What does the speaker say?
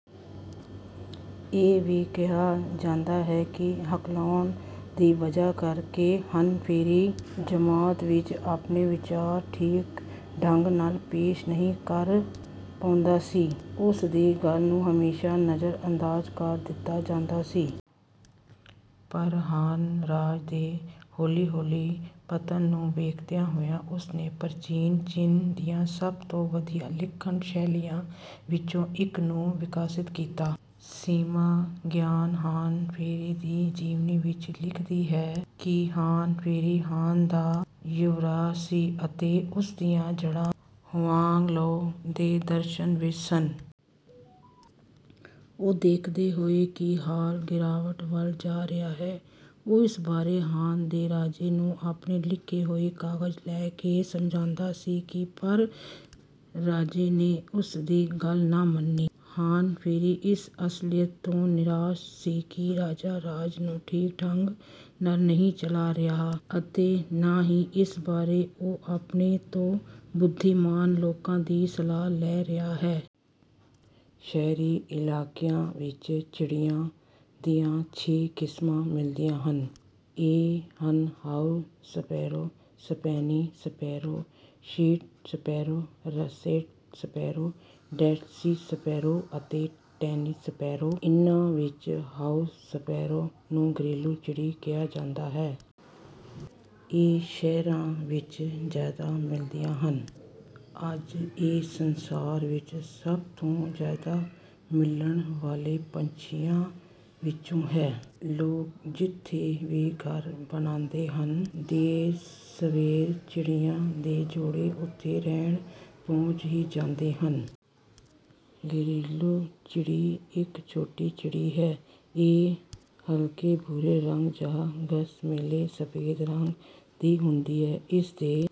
ਇਹ ਵੀ ਕਿਹਾ ਜਾਂਦਾ ਹੈ ਕਿ ਹਕਲਾਉਣ ਦੀ ਵਜ੍ਹਾ ਕਰਕੇ ਹਾਨ ਫ਼ੇਈ ਜਮਾਤ ਵਿੱਚ ਆਪਣੇ ਵਿਚਾਰ ਠੀਕ ਢੰਗ ਨਾਲ ਪੇਸ਼ ਨਹੀਂ ਕਰ ਪਾਉਂਦਾ ਸੀ। ਉਸਦੀ ਗੱਲ ਨੂੰ ਹਮੇਸ਼ਾ ਨਜ਼ਰ-ਅੰਦਾਜ਼ ਕਰ ਦਿੱਤਾ ਜਾਂਦਾ ਸੀ। ਪਰ ਹਾਨ ਰਾਜ ਦੇ ਹੌਲੀ-ਹੌਲੀ ਪਤਨ ਨੂੰ ਵੇਖਦਿਆਂ ਹੋਇਆਂ ਉਸਨੇ ਪ੍ਰਾਚੀਨ ਚੀਨ ਦੀਆਂ ਸਭ ਤੋਂ ਵਧੀਆ ਲਿਖਣ ਸ਼ੈਲੀਆਂ ਵਿੱਚੋਂ ਇੱਕ ਨੂੰ ਵਿਕਾਸਿਤ ਕੀਤਾ। ਸਿਮਾ ਕਿਆਨ ਹਾਨ ਫ਼ੇਈ ਦੀ ਜੀਵਨੀ ਵਿੱਚ ਲਿਖਦੀ ਹੈ ਕਿ ਹਾਨ ਫ਼ੇਈ ਹਾਨ ਦਾ ਯੁਵਰਾਜ ਸੀ ਅਤੇ ਉਸਦੀਆਂ ਜੜ੍ਹਾਂ ਹੁਆਂਗ-ਲਾਓ ਦੇ ਦਰਸ਼ਨ ਵਿੱਚ ਸਨ। ਉਹ ਵੇਖਦੇ ਹੋਏ ਕਿ ਹਾਨ ਗਿਰਾਵਟ ਵੱਲ ਜਾ ਰਿਹਾ ਹੈ ਉਹ ਇਸ ਬਾਰੇ ਹਾਨ ਦੇ ਰਾਜੇ ਨੂੰ ਆਪਣੇ ਲਿਖੇ ਹੋਏ ਕਾਗਜ਼ ਲੈ ਕੇ ਸਮਝਾਉਂਦਾ ਸੀ ਪਰ ਰਾਜੇ ਨੇ ਉਸਦੀ ਗੱਲ ਨਾ ਮੰਨੀ। ਹਾਨ ਫ਼ੇਈ ਇਸ ਅਸਲੀਅਤ ਤੋਂ ਨਿਰਾਸ਼ ਸੀ ਕਿ ਰਾਜਾ ਰਾਜ ਨੂੰ ਠੀਕ ਢੰਗ ਨਾਲ ਨਹੀਂ ਚਲਾ ਰਿਹਾ ਅਤੇ ਨਾ ਹੀ ਇਸ ਬਾਰੇ ਉਹ ਸਿਆਣੇ ਤੇ ਬੁੱਧੀਮਾਨ ਲੋਕਾਂ ਦੀ ਸਲਾਹ ਲੈ ਰਿਹਾ ਹੈ। ਸ਼ਹਿਰੀ ਇਲਾਕਿਆਂ ਵਿੱਚ ਚਿੜੀਆਂ ਦੀਆਂ ਛੇ ਕਿਸਮਾਂ ਮਿਲਦੀਆਂ ਹਨ। ਇਹ ਹਨ ਹਾਊਸ ਸਪੈਰੋ ਸਪੇਨੀ sparrow Sind sparrow russet sparrow Dead Sea sparrow ਅਤੇ ਟਰੀ ਸਪੈਰੋ। ਇਹਨਾਂ ਵਿੱਚ ਹਾਊਸ ਸਪੈਰੋ ਨੂੰ ਘਰੇਲੂ ਚਿੜੀ ਕਿਹਾ ਜਾਂਦਾ ਹੈ। ਇਹ ਸ਼ਹਿਰਾਂ ਵਿੱਚ ਜ਼ਿਆਦਾ ਮਿਲਦੀਆਂ ਹਨ। ਅੱਜ ਇਹ ਸੰਸਾਰ ਵਿੱਚ ਸਭ ਤੋਂ ਜਿਆਦਾ ਮਿਲਣ ਵਾਲੇ ਪੰਛੀਆਂ ਵਿੱਚੋਂ ਹੈ। ਲੋਕ ਜਿੱਥੇ ਵੀ ਘਰ ਬਣਾਉਂਦੇ ਹਨ ਦੇਰ ਸਵੇਰ ਚਿੜੀਆਂ ਦੇ ਜੋੜੇ ਉੱਥੇ ਰਹਿਣ ਪਹੁੰਚ ਹੀ ਜਾਂਦੇ ਹਨ। ਘਰੇਲੂ ਚਿੜੀ ਇੱਕ ਛੋਟੀ ਚਿੜੀ ਹੈ। ਇਹ ਹਲਕੇ ਭੂਰੇ ਰੰਗ ਜਾਂ ਘਸਮੈਲੇ ਸਫ਼ੈਦ ਰੰਗ ਦੀ ਹੁੰਦੀ ਹੈ। ਇਸ ਦੇ